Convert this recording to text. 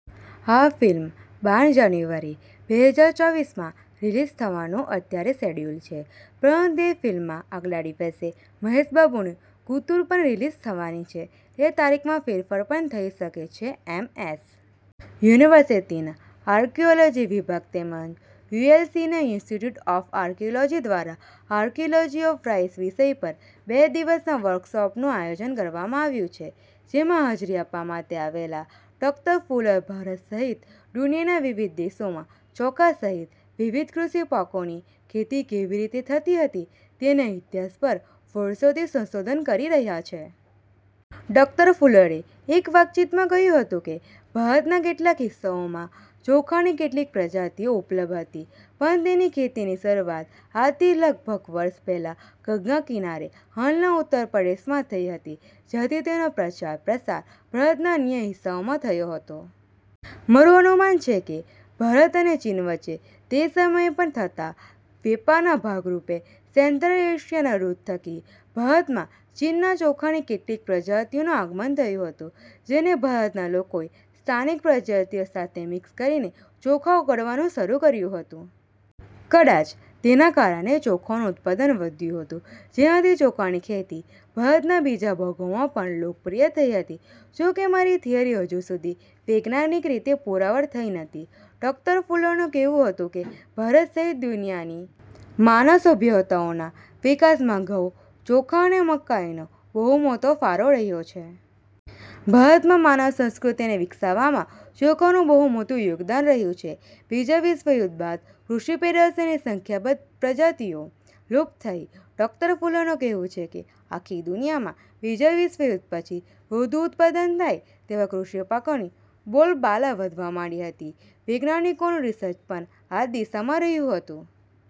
આ ફિલ્મ બાર જાન્યુઆરી બે હજાર ચોવીસમાં રીલિઝ થવાનું અત્યારે શિડ્યુલ છે. પરંતુ એ ફિલ્મના આગલા દિવસે મહેશ બાબુની ગુંતુર પણ રીલિઝ થવાની છે, એટલે તારીખમાં ફેરફાર પણ થઈ શકે છે. એમ. એસ. યુનિવર્સિટીના આર્કિઓલોજી વિભાગ તેમજ યુએલસીના ઈન્સ્ટિટયુટ ઓફ આર્કિઓલોજી દ્વારા આર્કિઓલોજી ઓફ રાઈસ વિષય પર બે દિવસના વર્કશોપનુ આયોજન કરવામાં આવ્યુ છે. જેમાં હાજરી આપવા માટે આવેલા ડૉક્ટર ફુલર ભારત સહિત દુનિયાના વિવિધ દેશોમાં ચોખા સહિત વિવિધ કૃષિ પાકોની ખેતી કેવી રીતે થતી હતી તેના ઈતિહાસ પર વર્ષોથી સંશોધન કરી રહ્યા છે. ડૉક્ટર ફુલરે એક વાતચીતમાં કહ્યું હતું કે, ભારતના કેટલાક હિસ્સાઓમાં ચોખાની કેટલીક પ્રજાતિઓ ઉપલબ્ધ હતી પણ તેની ખેતીની શરુઆત આજથી લગભગ વર્ષ પહેલા ગંગા કિનારે હાલના ઉત્તરપ્રદેશમાં થઈ હતી. જ્યાંથી તેનો પ્રચાર પ્રસાર ભારતના અન્ય હિસ્સાઓમાં થયો હતો. મારુ અનુમાન છે કે ભારત અને ચીન વચ્ચે તે સમયે પણ થતા વેપારના ભાગરુપે સેન્ટ્રલ એશિયાના રુટ થકી ભારતમાં ચીનના ચોખાની કેટલીક પ્રજાતિઓનુ આગમન થયુ હતુ. જેને ભારતના લોકોએ સ્થાનિક પ્રજાતિઓ સાથે મિક્સ કરીને ચોખા ઉગાડવાનુ શરુ કર્યુ હતુ. કદાચ તેના કારણે ચોખાનુ ઉત્પાદન વધ્યુ હતુ. જેનાથી ચોખાની ખેતી ભારતના બીજા ભાગોમાં પણ લોકપ્રિય થઈ હતી. જોકે મારી થીયરી હજી સુધી વૈજ્ઞાાનિક રીતે પૂરવાર થઈ નથી. ડૉક્ટર ફુલરનુ કહેવુ હતું કે ભારત સહિત દુનિયાની માનવ સભ્યતાઓના વિકાસમાં ઘઉં, ચોખા અને મકાઈનો બહુ મોટો ફાળો રહ્યો છે. ભારતમાં માનવ સંસ્કૃતિને વિકસાવવામાં ચોખાનુ બહુ મોટુ યોગદાન રહ્યુ છે. બીજા વિશ્વયુધ્ધ બાદ કૃષિ પેદાશોની સંખ્યાબંધ પ્રજાતિઓ લુપ્ત થઈ ડો. ફુલરનુ કહેવુ છે કે આખી દુનિયામાં બીજા વિશ્વયુધ્ધ પછી વધુ ઉત્પાદન થાય તેવા કૃષિ પાકોની બોલબાલા વધવા માંડી હતી. વૈજ્ઞાાનિકોનુ રિસર્ચ પણ આ જ દિશામાં રહ્યુ હતુ.